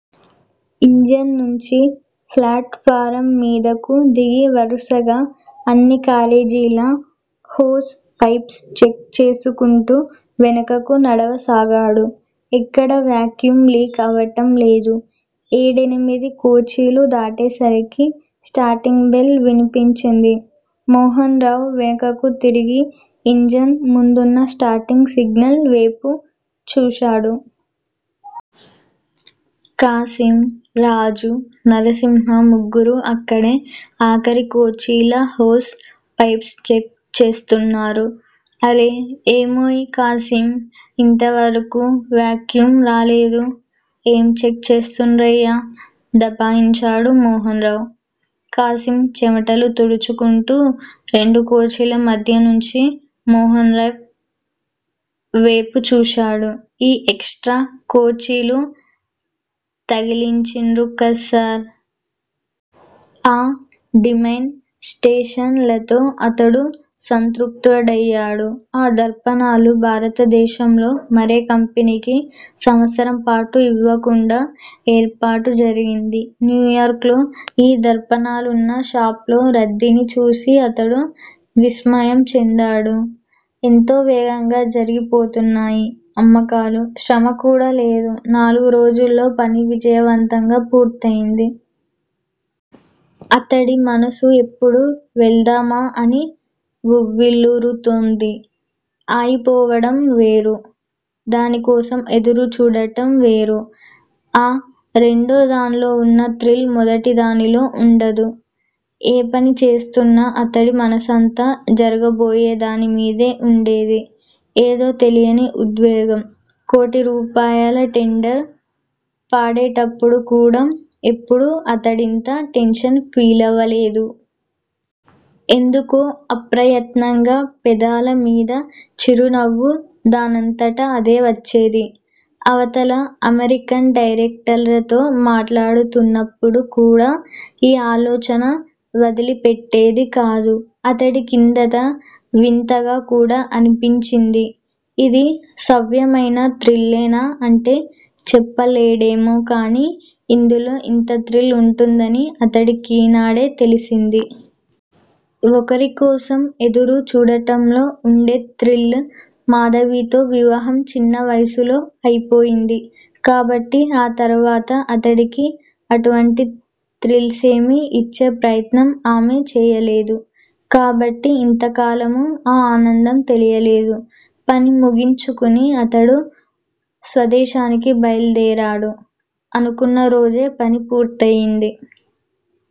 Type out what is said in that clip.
Engine నుంచి platform మీదకు దిగి వరుసగా అన్నికారేజీల హోస్ పైప్స్ చెక్ చేసుకుంటూ వెనుకకు నడవసాగాడు. ఎక్కడా వ్యాక్యూమ్ లీక్ అవటం లేదు. ఏడెనిమిది కోచీలు దాటేసరికి స్టార్టింగ్ బెల్ వినిపించింది. మోహన్రావ్ వెనకకు తిరిగి ఇంజన్ ముందున్న స్టార్టింగ్ సిగ్నల్ వేపు చూశాడు. ఖాసిమ్, రాజు, నర్సింహ ముగ్గురూ అక్కడే ఆఖరికోచీలహోస్ పైప్స్ చెక్ చేస్తున్నారు. అరె, ఏమోయ్ ఖాసిమ్ ఇంతవరకూ వ్యాక్యూమ్ రాలేదు. ఏం చెక్ చేస్తున్రయ్యా దబాయించాడు మోహన్రావ్. ఖాసిమ్ చెమటలు తుడుచుకుంటూ రెండు కోచీల మధ్యనుంచి మోహన్రావ్ వేపు చూశాడు. ఈ ఎక్ స్ట్రా కోచీలు తగిలించిన్రుకద్సార్. ఆ డిమాన్ స్ట్రేషన్ లతో అతడు సంతృప్తుడయ్యాడు. ఆ దర్పణాలు భారతదేశంలో మరే కంపెనీకి సంవత్సరంపాటు ఇవ్వకుండా ఏర్పాటు జరిగింది. న్యూయార్క్ లో ఈ దర్పణాలున్న షాపుల్లో రద్దీని చూసి అతడు విస్మయం చెందాడు. ఎంతో వేగంగా జరిగిపోతున్నాయి అమ్మకాలు. శ్రమకూడా లేదు. నాలుగు రోజుల్లో పని విజయవంతంగా పూర్తయింది. అతడి మనసు ఎప్పుడు వెళ్దామా అని వువ్విళ్ళూరుతోంది. అయిపోవడం వేరు. దానికోసం ఎదురుచూడటం వేరు. ఆ రెండోదాన్లో వున్న థ్రిల్ మొదటిదానిలో వుండదు. ఏ పని చేస్తున్నా అతడి మనసంతా జరగబోయేదానిమీదే వుండేది. ఏదో తెలియని ఉద్వేగం. కోటి రూపాయల టెండరు పాడేటప్పుడు కూడా ఎపుడూ అతడింత టెన్షన్ ఫీలవలేదు. ఎందుకో అప్రయత్నంగా పెదాల మీద చిరునవ్వు దానంతట అదే వచ్చేది. అవతల అమెరికన్ డైరెక్టర్లతో మాట్లాడుతున్నప్పుడు కూడా ఈ ఆలోచన వదలిపెట్టేది కాదు. అతడి కిదంతా వింతగా కూడా అనిపించింది. ఇది సవ్యమైన థ్రిల్లేనా అంటే చెప్పలేడేమో కానీ ఇందులో ఇంత థ్రిల్ వుంటుందని అతడికీనాడే తెలిసింది. ఒకరికోసం ఎదురు చూడటంలో వుండే థ్రిల్లు! మాధవితో వివాహం చిన్న వయసులో అయిపోయింది. కాబట్టి ఆ తరువాత అతడికి అటువంటి థ్రిల్సేమీ ఇచ్చే ప్రయత్నం ఆమె చేయలేదు కాబట్టి ఇంతకాలమూ ఆ ఆనందం తెలియలేదు. పని ముగించుకుని అతడు స్వదేశానికి బయల్దేరాడు. అనుకున్న రోజే పని పూర్తయింది.